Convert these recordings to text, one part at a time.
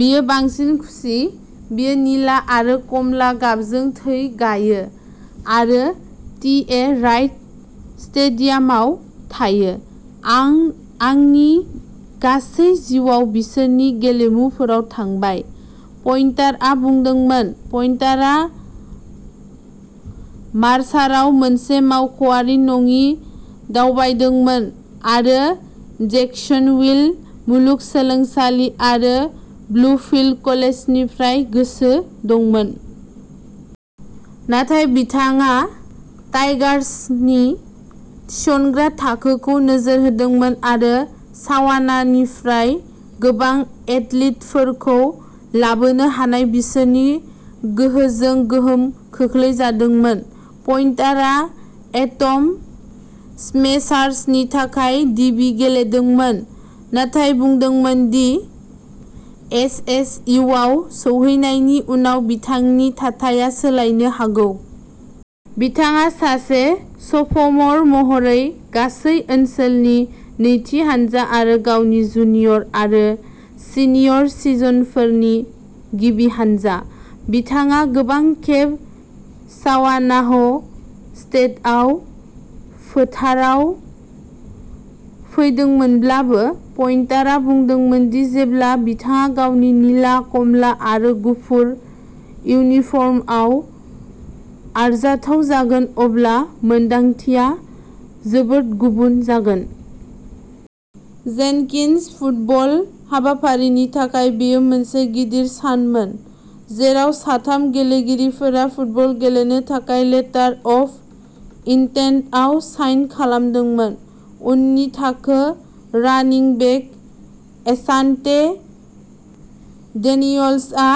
बियो बांसिन खुसि। बियो निला आरो कमला गाबजों थै गायो आरो टि. ए. राइट स्टेडियामाव थायो। "आं आंनि गासै जिउआव बिसोरनि गेलेमुफोराव थांबाय", पइन्टारआ बुंदोंमोन। पइन्टारआ मार्साराव मोनसे मावख'आरि नङि दावबायदोंमोन आरो जैक्सनविल मुलुगसोलोंसालि आरो ब्लुफिल्ड कलेजनिफ्राय गोसो दंमोन। नाथाय बिथाङा टाइगार्सनि थिसनग्रा थाखोखौ नोजोर होदोंमोन आरो सावानानिफ्राय गोबां एथलीटफोरखौ लाबोनो हानाय बिसोरनि गोहोजों गोहोम खोख्लैजादोंमोन। पइन्टारआ एटम स्मेशार्सनि थाखाय डिबि गेलेदोंमोन नाथाय बुंदोंमोन दि एसएसइउआव सौहैनायनि उनाव बिथांनि थाथाया सोलायनो हागौ। बिथाङा सासे स'फ'मर महरै गासै ओनसोलनि नैथि हानजा आरो गावनि जुनियर आरो सिनियर सिजनफोरनि गिबि हानजा। बिथाङा गोबां खेब सावानाह स्टेटआव फोथाराव फैदोंमोनब्लाबो, पइन्टारआ बुंदोंमोन दि जेब्ला बिथाङा गावनि निला, कमला आरो गुफुर इउनिफर्मआव आरजाथाव जागोन अब्ला मोन्दांथिया जोबोद गुबुन जागोन। जेनकिन्स फुटबल हाबाफारिनि थाखाय बेयो मोनसे गिदिर सानमोन जेराव साथाम गेलेगिरिफोरा फुटबल गेलेनो थाखाय लेटार अफ इन्टेन्टआव साइन खालामदोंमोन। उननि थाखो। रानिं बेक एशान्टे डेनियल्सआ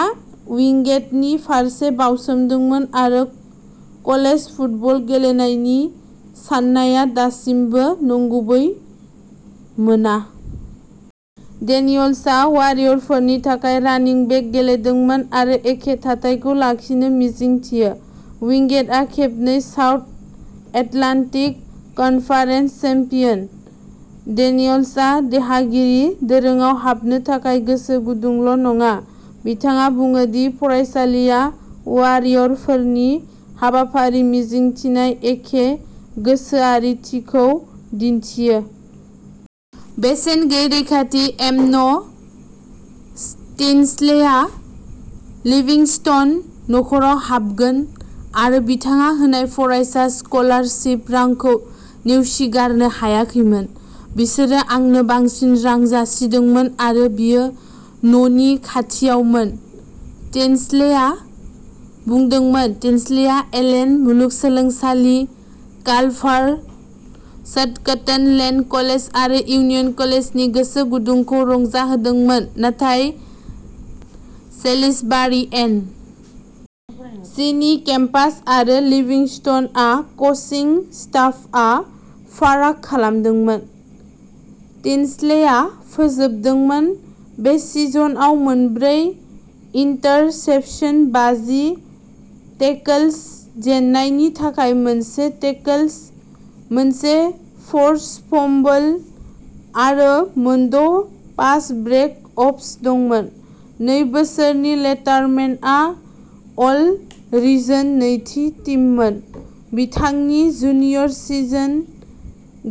विंगेटनि फारसे बाउसोमदोंमोन, आरो कलेज फुटबल गेलेनायनि साननाया दासिमबो नंगुबै मोना। डेनियल्सआ वारियरफोरनि थाखाय रानिं बेक गेलेदोंमोन आरो एखे थाथायखौ लाखिनो मिजिंथियो। विंगेटआ खेबनै साउथ एटलान्टिक कनफारेन्स चेम्पियन। डेनियल्सआ देरहागिरि दोरोंआव हाबनो थाखाय गोसो गुदुंल' नङा, बिथाङा बुङो दि फरायसालिआ वारियरफोरनि हाबाफारि मिजिंथिनाय एखे गोसोआरिथिखौ दिन्थियो। बेसेन गैयै रैखाथि एम'न टिनस्लेआ लिभिंस्टन नख'राव हाबगोन आरो बिथाङा होनाय फरायसा स्कलारशिप रांखौ नेवसिगारनो हायाखैमोन। "बिसोरो आंनो बांसिन रां जासिदोंमोन आरो बेयो न'नि खाथियावमोन", टिनस्लेआ बुंदोंमोन। टिनस्लेआ एलेन मुलुगसोलोंसालि, कालभार स्टकटन, लेन कलेज आरो यूनियन कलेजनि गोसो गुदुंखौ रंजाहोदोंमोन, नाथाय सेलिसबारि, एन. सि. नि केम्पास आरो लिभिंस्टनआव क'चिं स्टाफआ फाराग खालामदोंमोन। टिनस्लेआ फोजोबदोंमोन। बे सिजनआव मोनब्रै इन्टारसेप्शन, बाजि टेकल्स, जेननायनि थाखाय मोनसे टेकल्स, मोनसे फ'र्स फम्बल आरो मोनद'पास ब्रेक अप्स दंमोन। नै बोसोरनि लेटरमेनआ अल रिजन नैथि टीममोन, बिथांनि जुनियर सिजन,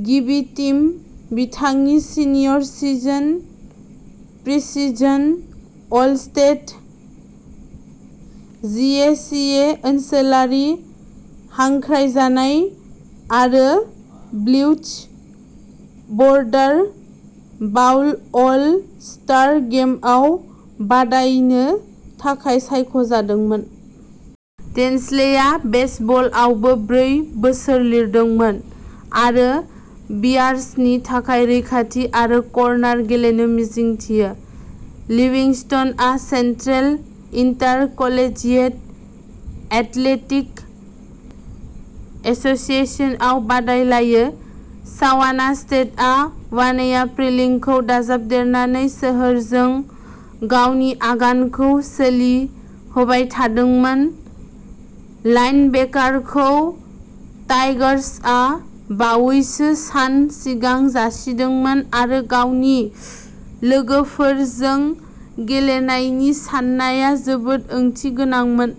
गिबि टीम बिथांनि senior season, preseason all state, G A C A ओनसोलारि हांख्रायजानाय आरो blitz border bowl all star गेमआव बादायनो थाखाय सायख' जादोंमोन। टिनस्लेआ बेसबलआवबो ब्रै बोसोर लिरदोंमोन आरो बियार्सनि थाखाय रैखाथि आरो कर्नार गेलेनो मिजिंथियो। लिविंगस्ट'ना सेन्ट्रेल इन्टारकलेजियेट एथलेटिक एस'सिएशनआव बादायलायो। सावाना स्टेटआ वान्या प्रिंगलखौ दाजाबदेरनानै सोहोरजों गावनि आगानखौ सोलिहोबाय थादोंमोन। लाइनबेकारखौ टाइगर्सआ बावैसो सान सिगां जासिदोंमोन आरो गावनि लोगोफोरजों गेलेनायनि साननाया जोबोद ओंथि गोनांमोन।